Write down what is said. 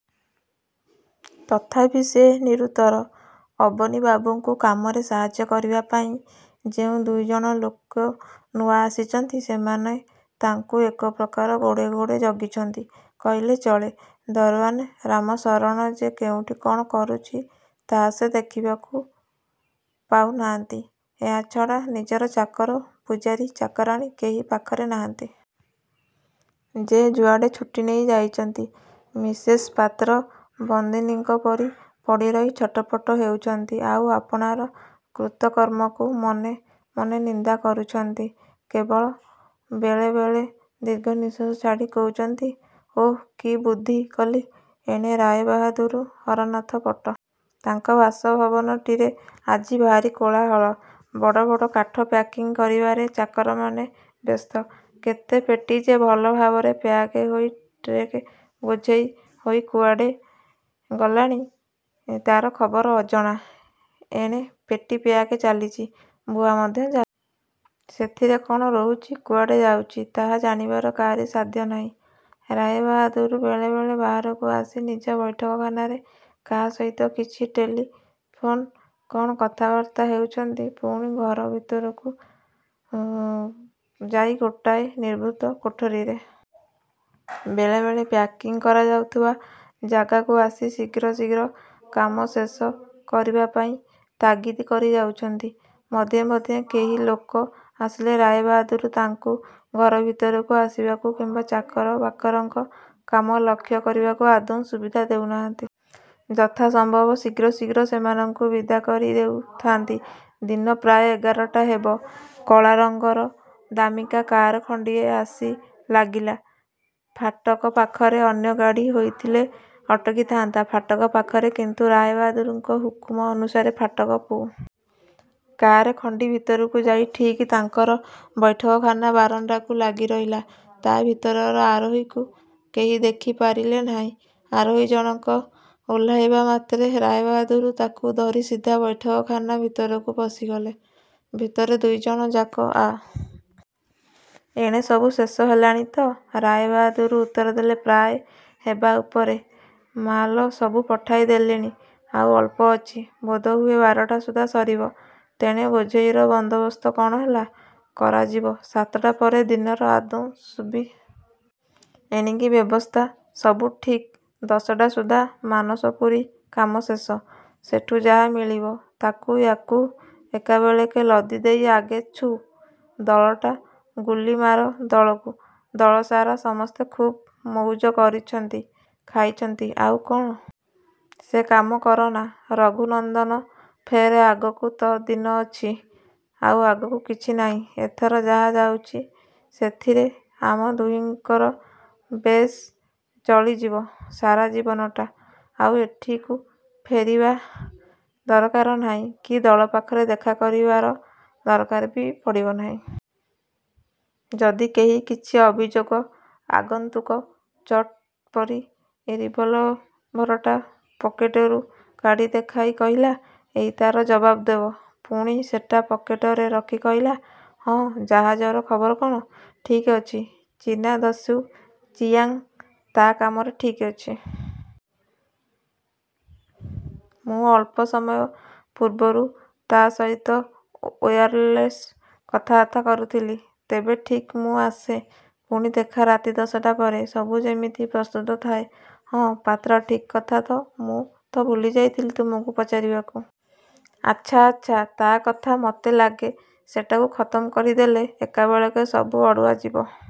ତଥାପି ସେ ନିରୁତ୍ତର। ଅବନୀବାବୁଙ୍କୁ କାମରେ ସାହାଯ୍ୟ କରିବାପାଇଁ ଯେଉଁ ଦୁଇଜଣ ଲୋକ ନୂଆ ଆସିଛନ୍ତି, ସେମାନେ ତାଙ୍କୁ ଏକପ୍ରକାର ଗୋଡ଼େ ଗୋଡ଼େ ଜଗିଛନ୍ତି କହିଲେ ଚଳେ। ଦରଓ୍ୱାନ୍ ରାମଶରଣ ଯେ କେଉଁଠି କ'ଣ କରୁଛି ତା' ସେ ଦେଖିବାକୁ ପାଉ ନାହାନ୍ତି। ଏହା ଛଡ଼ା ନିଜର ଚାକର, ପୁଝାରୀ, ଚାକରାଣୀ କେହି ପାଖରେ ନାହାନ୍ତି। ଯେ ଯୁଆଡ଼େ ଛୁଟି ନେଇ ଯାଇଛନ୍ତି। ମିସେସ୍ ପାତ୍ର ବନ୍ଦିନୀଙ୍କ ପରି ପଡ଼ିରହି ଛଟ ପଟ ହେଉଛନ୍ତି, ଆଉ ଆପଣାର କୃତକର୍ମକୁ ମନେ ମନେ ନିନ୍ଦା କରୁଛନ୍ତି; କେବଳ ବେଳେ ବେଳେ ଦୀର୍ଘ ନିଃଶ୍ୱାସ ଛାଡ଼ି କହୁଛନ୍ତି-''ଓଃ! କି ବୁଦ୍ଧି କଲି-! '' ଏଣେ ରାୟବାହାଦୂର ହରନାଥ ପଟ୍ଟନାୟକଙ୍କର ଆଜି କାର୍ଯ୍ୟ ତତ୍ପରତାର ସୀମା ନାହିଁ-। ତାଙ୍କ ବାସଭବନଟିରେ ଆଜି ଭାରି କୋଳାହଳ। ବଡ଼ ବଡ଼ କାଠ ପ୍ୟାକିଂ କରିବାରେ ଚାକରମାନେ ବ୍ୟସ୍ତ। କେତେ ପେଟି ଯେ ଭଲ ଭାବରେ ପ୍ୟାକ୍ ହୋଇ ଟ୍ରକ୍ରେ ବୋଝେଇ ହୋଇ କୁଆଡ଼େ ଗଲାଣି ତା' ଖବର ଅଜଣା। ଏଣେ ପେଟି ପ୍ୟାକ୍ ଚାଲିଛି, ବୁହା ମଧ୍ୟ ଚାଲିଛି। ସେଥିରେ କ'ଣ ରହୁଛି, କୁଆଡ଼େ ଯାଉଛି, ତାହା ଜାଣିବାର କାହାରି ସାଧ୍ୟ ନାହିଁ। ରାୟବାହାଦୂର ବେଳେ ବେଳେ ବାହାରକୁ ଆସି ନିଜ ବୈଠକଖାନାରେ କାହା ସହିତ କିଛି ଟେଲି ଫୋନ୍ରେ କ'ଣ କଥାବାର୍ତ୍ତା ହେଉଛନ୍ତି, ପୁଣି ଘର ଭିତରକୁ ଯାଇ ଗୋଟାଏ ନିଭୃତ କୋଠରୀରେ ଓୟାରଲେସ୍ରେ କାହାକୁ କ'ଣ କହୁଛନ୍ତି, ପୁଣି ଖବର ଶୁଣୁଛନ୍ତି। ବେଳେ ବେଳେ ପ୍ୟାକିଂ କରାଯାଉଥିବା ଯାଗାକୁ ଆସି ଶୀଘ୍ର ଶୀଘ୍ର କାମ ଶେଷ କରିବାପାଇଁ ତାଗିଦ୍ କରି ଯାଉଛନ୍ତି। ମଧ୍ୟେ ମଧ୍ୟେ କେହି ଲୋକ ଆସିଲେ ରାୟବାହାଦୂର ତାଙ୍କୁ ଘର ଭିତରକୁ ଆସିବାକୁ କିମ୍ବା ଚାକର ବାକରଙ୍କ କାମ ଲକ୍ଷ୍ୟ କରିବାକୁ ଆଦୌ ସୁବିଧା ଦେଉ ନାହାନ୍ତି। ଯଥା ସମ୍ଭବ ଶୀଘ୍ର ଶୀଘ୍ର ସେମାନଙ୍କୁ ବିଦା କରି ଦେଉଥାନ୍ତି। ଦିନ ପ୍ରାୟ ଏଗାରଟା ହେବ, କଳାରଙ୍ଗର ଦାମିକା କାର୍ ଖଣ୍ଡିଏ ଆସି ଲାଗିଲା ଫାଟକ ପାଖରେ। ଅନ୍ୟ ଗାଡ଼ି ହୋଇଥିଲେ ଅଟକିଥାନ୍ତା ଫାଟକ ପାଖରେ, କିନ୍ତୁ ରାୟବାହାଦୂରଙ୍କ ହୁକୁମ ଅନୁସାରେ ଫାଟକ ପୂରା ଖୋଲି ଦିଆଗଲା। କାର୍ ଖଣ୍ଡି ଭିତରକୁ ଯାଇ ଠିକ୍ ତାଙ୍କର ବୈଠକଖାନା ବାରଣ୍ଡାକୁ ଲାଗି ରହିଲା। ତା' ଭିତରର ଆରୋହୀକୁ କେହି ଦେଖି ପାରିଲେ ନାହିଁ। ଆରୋହୀ ଜଣକ ଓହ୍ଲାଇବା ମାତ୍ରେ ରାୟବାହାଦୂର ତାକୁ ଧରି ସିଧା ବୈଠକ ଖାନା ଭିତରକୁ ପଶିଗଲେ। ଭିତରେ ଦୁଇଜଣଯାକ ଆସନଗ୍ରହଣ କଲାପରେ ଆଗନ୍ତୁକ ଆଗ ପ୍ରଶ୍ନ କଲେ-''କ'ଣ-? ଏଣେ ସବୁ ଶେଷ ହେଲାଣି ତ? '' ରାୟବାହାଦୂର ଉତ୍ତର ଦେଲେ-''ପ୍ରାୟ ହେବା ଉପରେ। ମାଲ ସବୁ ପଠାଇ ଦେଲିଣି, ଆଉ ଅଳ୍ପ ଅଛି। ବୋଧହୁଏ ବାରଟା ସୁଦ୍ଧା ସରିବ। ତେଣେ ବୋଝେଇର ବନ୍ଦୋବସ୍ତ କ'ଣ ହେଲା-? '' ''କରାଯିବ ସାତଟା ପରେ। ଦିନରେ ଆଦୌ ସୁବିଧା ନୁହେଁ। '' ''ଏଣିକି ବ୍ୟବସ୍ଥା? '' ''ସବୁ ଠିକ୍! ଦଶଟା ସୁଦ୍ଧା ମାନସପୁରୀ କାମ ଶେଷ। ସେଠୁ ଯାହା ମିଳିବ, ତାକୁ ୟାକୁ ଏକାବେଳକେ ଲଦି ଦେଇ ଆଗେ ଛୁ। '' ''ଦଳଟା? '' ''ଗୁଲି ମାର ଦଳକୁ। ଦଳସାରା ସମସ୍ତେ ଖୁବ୍ ମଉଜ କରିଛନ୍ତି, ଖାଇଛନ୍ତି, ଆଉ କ'ଣ-? '' ''ସେ କାମ କରନା ରଘୁନନ୍ଦନ! ଫେର୍ ଆଗକୁ ତ ଦିନ ଅଛି? '' ''ଆଉ ଆଗକୁ କିଛି ନାହିଁ। ଏଥର ଯାହା ଯାଉଛି ସେଥିରେ ଆମ ଦୁହିଙ୍କର ବେଶ୍ ଚଳିଯିବ ସାରା ଜୀବନଟା। ଆଉ ଏଠିକୁ ଫେରିବା ଦରକାର ନାହିଁ କି ଦଳ ପାଖରେ ଦେଖା କରିବାର ଦରକାର ବି ପଡ଼ିବ ନାହିଁ। '' ''ଯଦି କେହି କିଛି ଅଭିଯୋଗ? '' ଆଗନ୍ତୁକ ଚଟ୍ ପରି ରିଭଲଭରଟା ପକେଟରୁ କାଢ଼ି ଦେଖାଇ କହିଲା-''ଏଇ ତା'ର ଜବାବ ଦେବ। '' ପୁଣି ସେଟା ପକେଟରେ ରଖି କହିଲା-''ହଁ, ଜାହାଜର ଖବର କ'ଣ? '' ''ଠିକ୍ ଅଛି? ଚୀନା ଦସ୍ୟୁ ଚିୟାଂ ତା'କାମରେ ଠିକ୍ ଅଛି। ମୁଁ ଅଳ୍ପ ସମୟ ପୂର୍ବରୁ ତା' ସହିତ ଓୟାରଲେସ୍ରେ କଥାବାର୍ତ୍ତା କରୁଥିଲି। ''ତେବେ ଠିକ୍! ମୁଁ ଆସେ। ପୁଣି ଦେଖା ରାତି ଦଶଟା ପରେ। ସବୁ ଯେମିତି ପ୍ରସ୍ତୁତ ଥାଏ। ହଁ,। ପାତ୍ର? '' ''ଠିକ୍ କଥା ତ! ମୁଁ ତ ଭୁଲି ଯାଇଥିଲି ତୁମକୁ ପଚାରିବାକୁ। '' ''ଆଚ୍ଛା, ଆଚ୍ଛା; ତା' କଥା ମୋତେ ଲାଗେ। ସେଟାକୁ ଖତମ୍ କରିଦେଲେ ଏକାବେଳକେ ସବୁ ଅଡ଼ୁଆ ଯିବ।